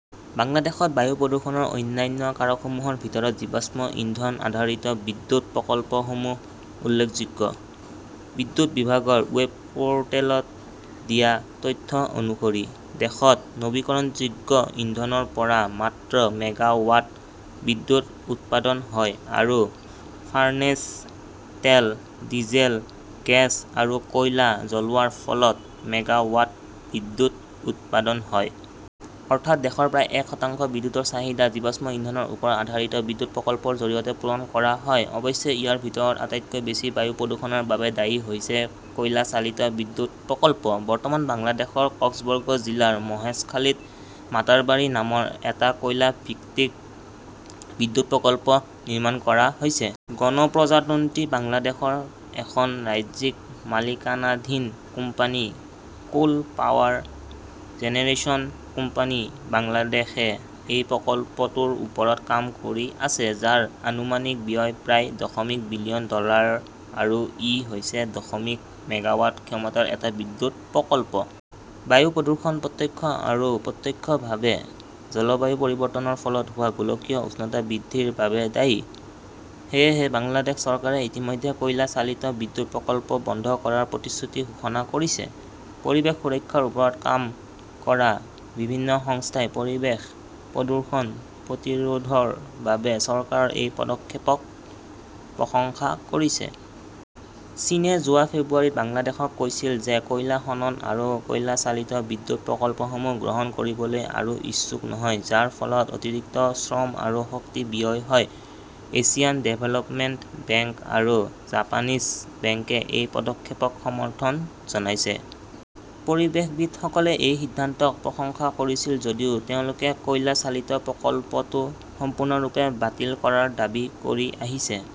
বাংলাদেশত বায়ু প্ৰদূষণৰ অন্যান্য কাৰকসমূহৰ ভিতৰত জীৱাশ্ম ইন্ধন-আধাৰিত বিদ্যুৎ প্ৰকল্পসমূহ উল্লেখযোগ্য। বিদ্যুৎ বিভাগৰ ৱেব পোৰ্টেলত দিয়া তথ্য অনুসৰি, দেশত নৱীকৰণযোগ্য ইন্ধনৰ পৰা মাত্ৰ মেগাৱাট বিদ্যুৎ উৎপাদন হয় আৰু ফাৰ্নেচ তেল, ডিজেল, গেছ আৰু কয়লা জ্বলোৱাৰ ফলত মেগাৱাট বিদ্যুৎ উৎপাদন হয়। অৰ্থাৎ, দেশৰ প্ৰায় এক শতাংশ বিদ্যুৎৰ চাহিদা জীৱাশ্ম ইন্ধনৰ ওপৰত আধাৰিত বিদ্যুৎ প্ৰকল্পৰ জৰিয়তে পূৰণ কৰা হয়। অৱশ্যে, ইয়াৰ ভিতৰত আটাইতকৈ বেছি বায়ু প্ৰদূষণৰ বাবে দায়ী হৈছে কয়লা-চালিত বিদ্যুৎ প্ৰকল্প। বৰ্তমান বাংলাদেশৰ কক্সবৰ্গ জিলাৰ মহেশখালীত মাটাৰবাৰী নামৰ এটা কয়লা ভিত্তিক বিদ্যুৎ প্ৰকল্প নিৰ্মাণ কৰা হৈছে। গণপ্ৰজাতন্ত্ৰী বাংলাদেশৰ এখন ৰাজ্যিক মালিকানাধীন company coal power generation company Bangladesh -এ এই প্ৰকল্পটোৰ ওপৰত কাম কৰি আছে, যাৰ আনুমানিক ব্যয় প্ৰায় দশমিক বিলিয়ন ডলাৰ আৰু ই হৈছে দশমিক মেগাৱাট ক্ষমতাৰ এটা বিদ্যুৎ প্ৰকল্প। বায়ু প্ৰদূষণ প্ৰত্যক্ষ আৰু প্ৰত্যক্ষভাৱে জলবায়ু পৰিৱৰ্তনৰ ফলত হোৱা গোলকীয় উষ্ণতা বৃদ্ধিৰ বাবে দায়ী। সেয়েহে বাংলাদেশ চৰকাৰে ইতিমধ্যে কয়লা চালিত বিদ্যুৎ প্ৰকল্প বন্ধ কৰাৰ প্ৰতিশ্ৰুতি ঘোষণা কৰিছে। পৰিৱেশ সুৰক্ষাৰ ওপৰত কাম কৰা বিভিন্ন সংস্থাই পৰিৱেশ প্ৰদূষণ প্ৰতিৰোধৰ বাবে চৰকাৰৰ এই পদক্ষেপক প্ৰশংসা কৰিছে। চীনে যোৱা ফেব্ৰুৱাৰীত বাংলাদেশক কৈছিল যে কয়লা খনন আৰু কয়লা-চালিত বিদ্যুৎ প্ৰকল্পসমূহ গ্ৰহণ কৰিবলৈ আৰু ইচ্ছুক নহয়, যাৰ ফলত অতিৰিক্ত শ্ৰম আৰু শক্তি ব্যয় হয়। এছিয়ান ডেভেলপমেণ্ট বেংক আৰু জাপানীজ বেংকে এই পদক্ষেপক সমৰ্থন জনাইছে। পৰিৱেশবিদসকলে এই সিদ্ধান্তক প্ৰশংসা কৰিছিল যদিও তেওঁলোকে কয়লা-চালিত প্ৰকল্পটো সম্পূৰ্ণৰূপে বাতিল কৰাৰ দাবী কৰি আহিছে।